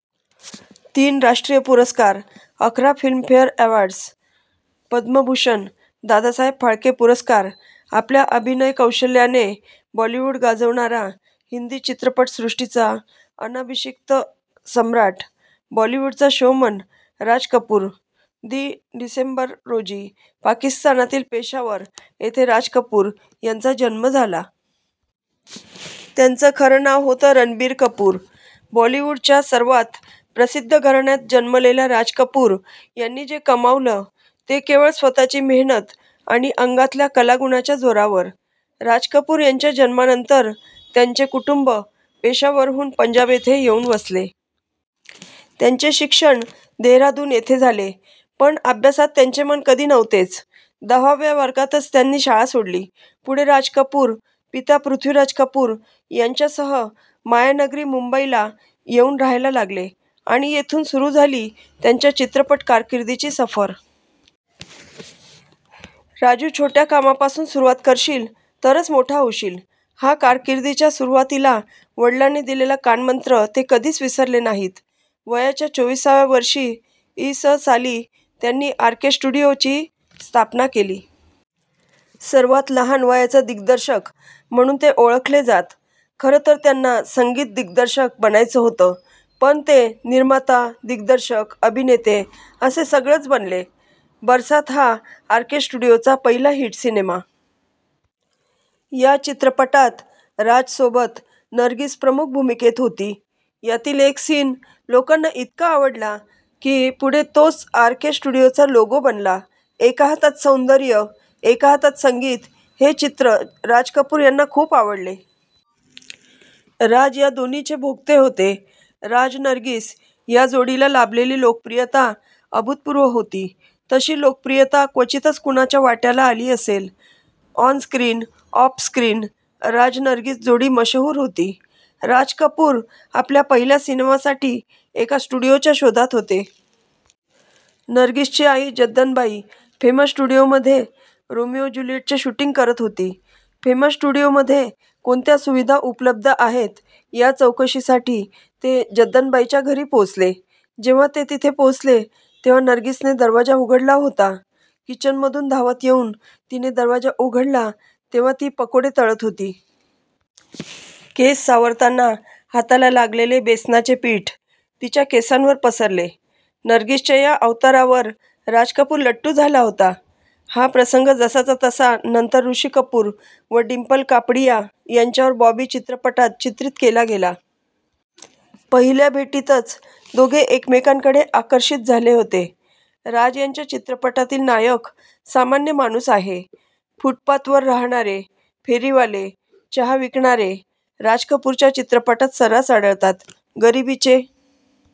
तीन राष्ट्रीय पुरस्कार, अकरा Filmfare awards, Padma Bhushan, Dadasaheb Phalke पुरस्कार. आपल्या अभिनय कौशल्याने बॉलिवूड गाजवणारा हिंदी चित्रपटसृष्टीचा अनभिषिक्त सम्राट बॉलीवूडचा ' शो मन ' राज कपूर! दि. डिसेंबर रोजी पाकिस्तानातील पेशावर येथे राज कपूर यांचा जन्म झाला. त्यांचं खरं नाव होतं रणबीर कपूर. बॉलिवुडच्या सर्वात प्रसिद्ध घराण्यात जन्मलेल्या राज कपूर यांनी जे कमावलं ते केवळ स्वतःची मेहनत आणि अंगातल्या कलागुणाच्या जोरावर. राज कपूर यांच्या जन्मानंतर त्यांचे कुटुंब पेशावरहून पंजाब येथे येऊन वसले. त्यांचे शिक्षण देहरादून येथे झाले. पण अभ्यासात त्यांचे मन कधी नव्हतेच. दहाव्या वर्गातच त्यांनी शाळा सोडली. पुढे राज कपूर, पिता पृथ्वीराज कपूर यांच्यासह मायानगरी मुंबईला येऊन रहायला लागले आणि येथून सुरू झाली त्यांच्या चित्रपट कारकीर्दीची सफर. " राजू छोट्या कामापासून सुरुवात करशील, तरच मोठा होशील! " हा कारकीर्दीच्या सुरुवातीला वडिलांनी दिलेला कानमंत्र ते कधीच विसरले नाहीत. वयाच्या चोवीसाव्या वर्षी इ. स. साली त्यांनी ' आर के स्टुडिओ ' ची स्थापना केली. सर्वात लहान वयाचा दिग्दर्शक म्हणून ते ओळखले जात. खरं तर त्यांना संगीत दिग्दर्शक बनायचं होतं. पण ते निर्माता, दिग्दर्शक, अभिनेते असे सगळेच बनले. ' बरसात ' हा आर के स्टुडिओचा पहिला हिट सिनेमा. या चित्रपटात राज सोबत नर्गीस प्रमुख भूमिकेत होती. यातील एक सीन लोकांना इतका आवडला की, पुढे तोच आर के स्टुडिओचा लोगो बनला. एका हातात सौंदर्य, एका हातात संगीत हे चित्र राज कपूर यांना खूप आवडले. राज या दोन्हीचे भोक्ते होते. राज नर्गिस या जोडीला लाभलेली लोकप्रियता अभूतपूर्व होती. तशी लोकप्रियता क्वचितच कुणाच्या वाट्याला आली असेल. On screen, off screen Raj Nargis जोडी मशहूर होती. राज कपूर आपल्या पहिल्या सिनेमासाठी एका स्टुडिओच्या शोधात होते. नर्गिसची आई जद्दनबाई फेमस स्टुडिओमध्ये रोमिओ ज्युलिएटचे शूटिंग करत होती. फेमस स्टुडिओमध्ये कोणत्या सुविधा उपलब्ध आहेत या चौकशीसाठी ते जद्दनबाईंच्या घरी पोहोचले. जेंव्हा ते तिथे पोहोचले, तेंव्हा नर्गिसने दरवाजा उघडला होता. किचनमधून धावत येऊन तिने दरवाजा उघडला तेंव्हा ती पकोडे तळत होती. केस सावरताना हाताला लागलेले बेसनाचे पीठ तिच्या केसांवर पसरले. नर्गिसच्या या अवतारावर राज कपूर लट्टू झाला होता. हा प्रसंग जसाचा तसा नंतर ऋषी कपूर व डिंपल कापडिया यांच्यावर बॉबी चित्रपटात चित्रित केला गेला. पहिल्या भेटीतच दोघे एकमेकांकडे आकर्षित झाले होते. राज यांच्या चित्रपटातील नायक सामान्य माणूस आहे. फूटपाथवर राहणारे, फेरीवाले, चहा विकणारे राज कपूरच्या चित्रपटात सर्रास आढळतात. गरीबीचे